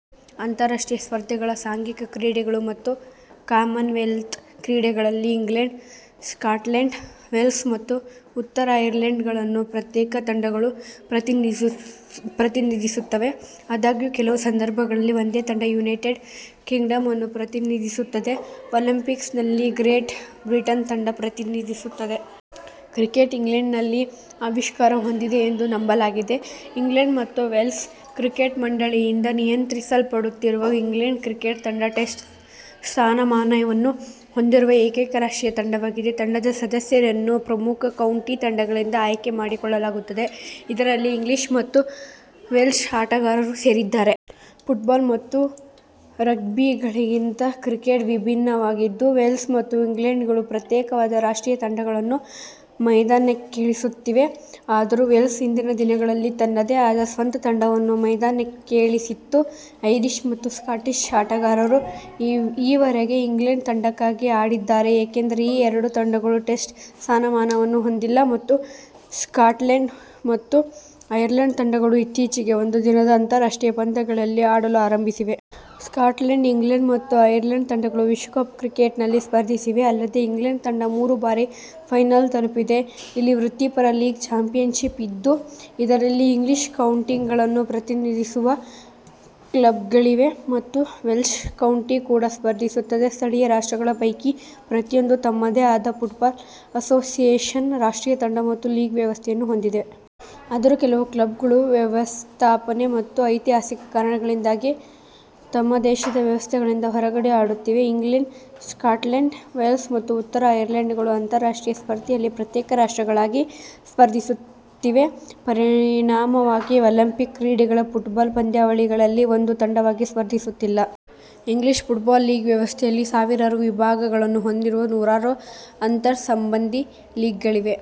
ಅಂತರರಾಷ್ಟ್ರೀಯ ಸ್ಪರ್ಧೆಗಳ ಸಾಂಘಿಕ ಕ್ರೀಡೆಗಳು ಮತ್ತು ಕಾಮನ್ವೆಲ್ತ್ ಕ್ರೀಡೆ ಗಳಲ್ಲಿ ಇಂಗ್ಲೆಂಡ್, ಸ್ಕಾಟ್ಲೆಂಡ್, ವೇಲ್ಸ್ ಮತ್ತು ಉತ್ತರ ಐರ್ಲೆಂಡ್ ಗಳನ್ನು ಪ್ರತ್ಯೇಕ ತಂಡಗಳು ಪ್ರತಿನಿಧಿಸುತ್ತವೆ. ಆದಾಗ್ಯೂ, ಕೆಲವು ಸಂದರ್ಭಗಳಲ್ಲಿ ಒಂದೇ ತಂಡ ಯುನೈಟೆಡ್ ಕಿಂಗ್ಡಂ ಅನ್ನು ಪ್ರತಿನಿಧಿಸುತ್ತದೆ, ಒಲಿಂಪಿಕ್ಸ್ ನಲ್ಲಿ ಗ್ರೇಟ್ ಬ್ರಿಟನ್ ತಂಡ ಪ್ರತಿನಿಧಿಸುತ್ತದೆ. ಕ್ರಿಕೆಟ್ ಇಂಗ್ಲೆಂಡ್ನಲ್ಲಿ ಆವಿಷ್ಕಾರ ಹೊಂದಿದೆ ಎಂದು ನಂಬಲಾಗಿದೆ. ಇಂಗ್ಲೆಂಡ್ ಮತ್ತು ವೇಲ್ಸ್ ಕ್ರಿಕೆಟ್ ಮಂಡಳಿ ಯಿಂದ ನಿಯಂತ್ರಿಸಲ್ಪಡುತ್ತಿರುವ ಇಂಗ್ಲೆಂಡ್ ಕ್ರಿಕೆಟ್ ತಂಡ ಟೆಸ್ಟ್ ಸ್ಥಾನಮಾನ ವನ್ನು ಹೊಂದಿರುವ ಏಕೈಕ ರಾಷ್ಟ್ರೀಯ ತಂಡವಾಗಿದೆ. ತಂಡದ ಸದಸ್ಯರನ್ನು ಪ್ರಮುಖ ಕೌಂಟಿ ತಂಡಗಳಿಂದ ಆಯ್ಕೆ ಮಾಡಿಕೊಳ್ಳಲಾಗುತ್ತದೆ, ಇದರಲ್ಲಿ ಇಂಗ್ಲೀಷ್ ಮತ್ತು ವೆಲ್ಶ್ ಆಟಗಾರರೂ ಸೇರಿದ್ದಾರೆ. ಫುಟ್ಬಾಲ್ ಮತ್ತು ರಗ್ಬಿಗಳಿಗಿಂತ ಕ್ರಿಕೆಟ್ ವಿಭಿನ್ನವಾಗಿದ್ದು, ವೇಲ್ಸ್ ಮತ್ತು ಇಂಗ್ಲೆಂಡ್ಗಳು ಪ್ರತ್ಯೇಕವಾದ ರಾಷ್ಟ್ರೀಯ ತಂಡಗಳನ್ನು ಮೈದಾನಕ್ಕಿಳಿಸುತ್ತಿವೆ. ಆದರೂ ವೇಲ್ಸ್ ಹಿಂದಿನ ದಿನಗಳಲ್ಲಿ ತನ್ನದೇ ಆದ ಸ್ವಂತ ತಂಡವನ್ನು ಮೈದಾನಕ್ಕಿಳಿಸಿತ್ತು. ಐರಿಷ್ ಮತ್ತು ಸ್ಕಾಟಿಷ್ ಆಟಗಾರರು ಈವರೆಗೆ ಇಂಗ್ಲೆಂಡ್ ತಂಡಕ್ಕಾಗಿ ಆಡಿದ್ದಾರೆ. ಏಕೆಂದರೆ ಈ ಎರಡು ತಂಡಗಳು ಟೆಸ್ಟ್ ಸ್ಥಾನಮಾನವನ್ನು ಹೊಂದಿಲ್ಲ ಮತ್ತು ಸ್ಕಾಟ್ಲೆಂಡ್ ಮತ್ತು ಐರ್ಲೆಂಡ್ ತಂಡಗಳು ಇತ್ತೀಚೆಗೆ ಒಂದು ದಿನದ ಅಂತರರಾಷ್ಟ್ರೀಯ ಪಂದ್ಯ ಗಳಲ್ಲಿ ಆಡಲು ಆರಂಭಿಸಿವೆ. ಸ್ಕಾಟ್ಲೆಂಡ್, ಇಂಗ್ಲೆಂಡ್ ಮತ್ತು ಐರ್ಲೆಂಡ್ ತಂಡಗಳು ವಿಶ್ವಕಪ್ ಕ್ರಿಕೆಟ್ ನಲ್ಲಿ ಸ್ಪರ್ಧಿಸಿವೆ, ಅಲ್ಲದೆ ಇಂಗ್ಲೆಂಡ್ ತಂಡ ಮೂರು ಬಾರಿ ಫೈನಲ್ ತಲುಪಿದೆ. ಇಲ್ಲಿ ವೃತ್ತಿಪರ ಲೀಗ್ ಚಾಂಪಿಯನ್ಶಿಪ್ ಇದ್ದು, ಇದರಲ್ಲಿ ಇಂಗ್ಲೀಷ್ ಕೌಂಟಿಗಳನ್ನು ಪ್ರತಿನಿಧಿಸುವ ಕ್ಲಬ್ಗಳಿವೆ ಮತ್ತು ವೆಲ್ಶ್ ಕೌಂಟಿ ಕೂಡ ಸ್ಪರ್ಧಿಸುತ್ತದೆ. ಸ್ಥಳೀಯ ರಾಷ್ಟ್ರಗಳ ಪೈಕಿ ಪ್ರತಿಯೊಂದು ತಮ್ಮದೇ ಆದ ಫುಟ್ಬಾಲ್ ಅಸೋಸಿಯೇಷನ್, ರಾಷ್ಟ್ರೀಯ ತಂಡ ಮತ್ತು ಲೀಗ್ ವ್ಯವಸ್ಥೆ ಯನ್ನು ಹೊಂದಿವೆ. ಆದರೂ ಕೆಲವು ಕ್ಲಬ್ಗಳು ವ್ಯವಸ್ಥಾಪನೆ ಮತ್ತು ಐತಿಹಾಸಿಕ ಕಾರಣಗಳಿಂದಾಗಿ ತಮ್ಮ ದೇಶದ ವ್ಯವಸ್ಥೆಗಳಿಂದ ಹೊರಗಡೆ ಆಡುತ್ತಿವೆ. ಇಂಗ್ಲೆಂಡ್, ಸ್ಕಾಟ್ಲೆಂಡ್, ವೇಲ್ಸ್ ಮತ್ತು ಉತ್ತರ ಐರ್ಲೆಂಡ್ ಗಳು ಅಂತರರಾಷ್ಟ್ರೀಯ ಸ್ಪರ್ಧೆಯಲ್ಲಿ ಪ್ರತ್ಯೇಕ ರಾಷ್ಟ್ರಗಳಾಗಿ ಸ್ಪರ್ಧಿಸುತ್ತಿವೆ, ಪರಿಣಾಮವಾಗಿ ಒಲಿಂಪಿಕ್ ಕ್ರೀಡೆ ಗಳ ಫುಟ್ಬಾಲ್ ಪಂದ್ಯಾವಳಿಗಳಲ್ಲಿ ಒಂದು ತಂಡವಾಗಿ ಸ್ಪರ್ಧಿಸುತ್ತಿಲ್ಲ. ಇಂಗ್ಲೀಷ್ ಫುಟ್ಬಾಲ್ ಲೀಗ್ ವ್ಯವಸ್ಥೆ ಯಲ್ಲಿ, ಸಾವಿರಾರು ವಿಭಾಗಗಳನ್ನು ಹೊಂದಿರುವ ನೂರಾರು ಅಂತರ್-ಸಂಬಂಧಿ ಲೀಗ್ಗಳಿವೆ.